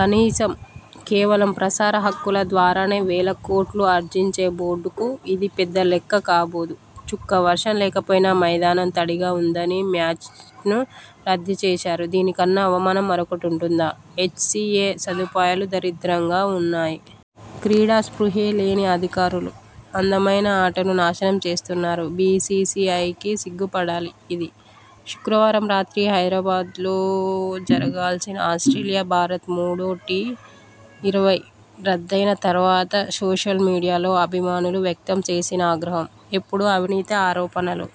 కనీసం.. కేవలం ప్రసార హక్కుల ద్వారానే వేల కోట్లు అర్జించే బోర్డుకు ఇది పెద్ద లెక్క కాబోదు..!. 'చుక్క వర్షం లేకపోయినా మైదానం తడిగా ఉందని మ్యాచ్ను రద్దు చేశారు. దీనికన్నా అవమానం మరొకటి ఉంటుందా? ' 'హెచ్ సి ఏ సదుపాయాలు దరిద్రంగా ఉన్నా యి. క్రీడా స్పృహే లేని అధికారులు.. అందమైన ఆటను నాశనం చేస్తున్నారు. బీ సీ సీ ఐ కి సిగ్గుపడాలి'. ఇది.. శుక్రవారం రాత్రి హైదరాబాద్లో జరగాల్సిన ఆస్ట్రేలియా-భారత్ మూడో టీ-ఇరవై రద్దయిన తర్వాత సోషల్ మీడియాలో అభిమానులు వ్యక్తం చేసిన ఆగ్రహం..! ఎప్పుడూ అవినీతి ఆరోపణలు..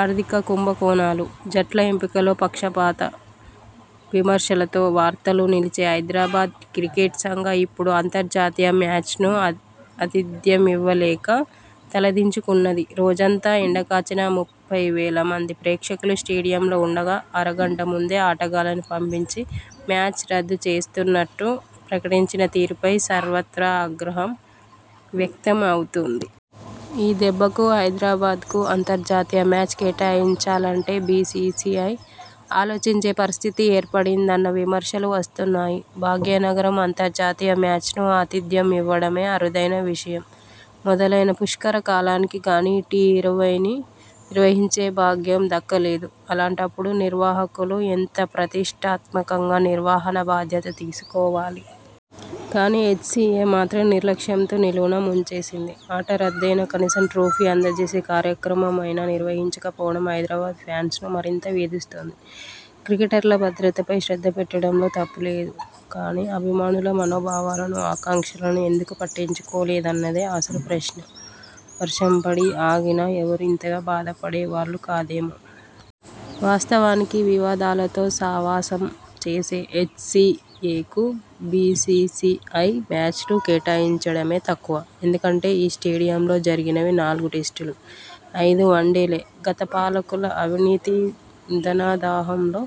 ఆర్థిక కుంభకోణాలు.. జట్ల ఎంపికలో పక్షపాతం విమర్శలతో వార్తల్లో నిలిచే హైదరాబాద్ క్రికెట్ సంఘం ఇప్పుడు అంతర్జాతీయ మ్యాచ్కు ఆతిథ్యమివ్వలేక తలదించుకున్నది..! రోజంతా ఎండకాచినా.. ముప్పై వేల మంది ప్రేక్షకులు స్టేడియంలో ఉండగా, అరగంట ముందే ఆటగాళ్లను పంపించి, మ్యాచ్ రద్దు చేస్తున్నట్టు ప్రకటించిన తీరుపై సర్వత్రా ఆగ్రహం వ్యక్తం అవుతోంది..! ఈ దెబ్బకు హైదరాబాద్కు అంతర్జాతీయ మ్యాచ్ కేటాయించాలంటే బీ సీ సీ ఐ ఆలోచించే పరిస్థితి ఏర్పడిందన్న విమర్శలు వస్తున్నాయి..! భాగ్యనగరం అంతర్జాతీయ మ్యాచ్కు ఆతిథ్యం ఇవ్వడమే అరుదైన విషయం. మొదలైన పుష్కర కాలానికి గానీ టీ-ఇరవైని నిర్వహించే భాగ్యం దక్కలేదు. అలాంటప్పుడు నిర్వాహకులు ఎంత ప్రతిష్టాత్మకంగా నిర్వహణ బాధ్యత తీసుకోవాలి. కానీ, హెచ్సీఏ మాత్రం నిర్లక్ష్యంతో నిలువునా ముంచేసింది. ఆట రద్దయినా, కనీసం ట్రోఫీ అందజేసే కార్యక్రమమైనా నిర్వహించకపోవడం హైదరాబాద్ ఫ్యాన్స్ ను మరింతగా వేధిస్తోంది. క్రికెటర్ల భద్రతపై శ్రద్ధ పెట్టడం లో తప్పులేదు కానీ, అభిమానుల మనోభావాలను, ఆకాంక్షలను ఎందుకు పట్టించుకోలేదన్నదే అసలు ప్రశ్న.! వర్షం పడి ఆగినా ఎవరూ ఇంతగా బాధపడేవాళ్లు కాదేమో! వాస్తవానికి వివాదాలతో సావాసం చేసే హెచ్ సి ఏ కు బీ సీ సీ ఐ మ్యాచ్లు కేటాయించడమే తక్కువ. ఎందుకంటే ఈ స్టేడియంలో జరిగినవి నాలుగు టెస్టులు, ఐదు వన్డేలే.! గత పాలకుల అవినీతి ధనదాహంలో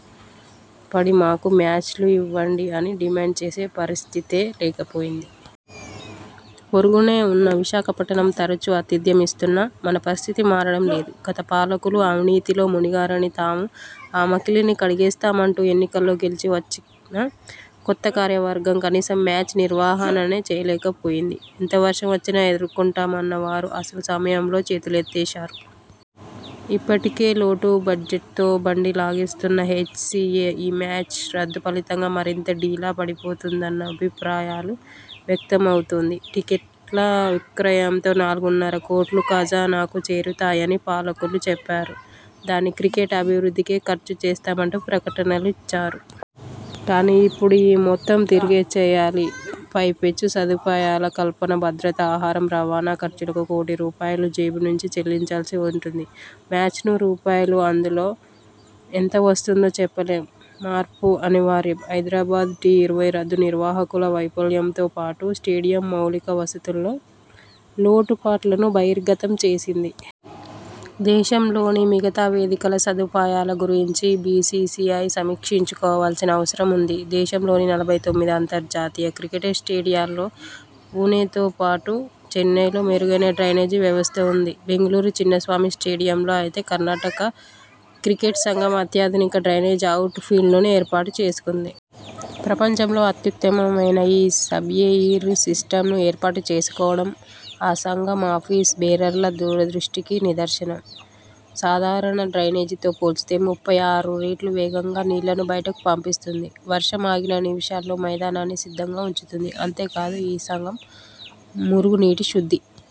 పడి మాకు మ్యాచ్లు ఇవ్వండి అని డిమాండ్ చేసే పరిస్థితే లేకపోయింది. పొరుగునే ఉన్న విశాఖపట్టణం తరచూ ఆతిథ్యం ఇస్తున్నా, మన పరిస్థితి మారడం లేదు. గత పాలకులు అవినీతిలో మునిగారని, తాము ఆ మకిలిని కడిగేస్తామంటూ ఎన్నికల్లో గెలిచి వచ్చిన కొత్త కార్యవర్గం కనీసం మ్యాచ్ నిర్వహణనే చేయలేకపోయింది. ఎంత వర్షం వచ్చినా ఎదుర్కొంటామన్న వారు అసలు సమయంలో చేతులెత్తేశారు. ఇప్పటికే లోటు బడ్జెట్తో బండి లాగిస్తున్న హెచ్ సి ఏ ఈ మ్యాచ్ రద్దు ఫలితంగా మరింత డీలా పడిపోతుందన్న అభిప్రాయాలు వ్యక్తం అవుతోంది. టిక్కెట్ల విక్రయంతో నాలుగున్నర కోట్లు ఖజానాకు చేరుతాయని పాలకులు చెప్పారు. దాన్ని క్రికెట్ అభివృద్ధికే ఖర్చు చేస్తామని ప్రకటనలూ ఇచ్చారు. కానీ, ఇప్పుడు ఆ మొత్తం తిరిగిచ్చేయాలి. పైపెచ్చు సదుపాయాల కల్పన, భద్రత, ఆహారం, రవాణా ఖర్చులకు కోటి రూపాయాలు జేబు నుంచి చెల్లించాల్సి ఉంటుంది. మ్యాచ్కు రూపాయలు. అందులో ఎంత వస్తుందో చెప్పలేం! మార్పు అనివార్యం హైదరాబాద్ టీ-ఇరవై రద్దు నిర్వాహకుల వైఫల్యంతోపాటు స్టేడియం మౌలిక వసతుల్లో లోటు పాట్లను బహిర్గతం చేసింది. దేశంలోని మిగతా వేదికల సదుపాయాల గురించి బీ సీ సీ ఐ సమీక్షించుకోవాల్సిన అవసరం ఉంది. దేశంలోని నలభై తొమ్మిది అంతర్జాతీయ క్రికెట్ స్టేడియాల్లో పుణెతో పాటు చెన్నైల్లో మెరుగైన డ్రైనేజీ వ్యవస్థ ఉంది. బెంగళూరు చిన్నస్వామి స్టేడియంలో అయితే కర్ణాటక క్రికెట్ సంఘం అత్యాధునిక డ్రైనేజీ, అవుట్ ఫీల్డ్ను ఏర్పాటు చేసుకుంది. ప్రపంచంలో అత్యుత్తమమైన ఈ సబ్ఎయిర్ సిస్టమ్ను ఏర్పాటు చేసుకోవడం ఆ సంఘం ఆఫీస్ బేరర్ల దూరదృష్టికి నిదర్శనం. సాధారణ డ్రైనేజీతో పోల్చితే ముప్పై ఆరు రెట్లు వేగంగా నీళ్లను బయటకు పంపిస్తుంది. వర్షం ఆగిన నిమిషాల్లో మైదానాన్ని సిద్ధంగా ఉంచుతుంది. అంతేకాదు ఆ సంఘం మురుగు నీటి శుద్ది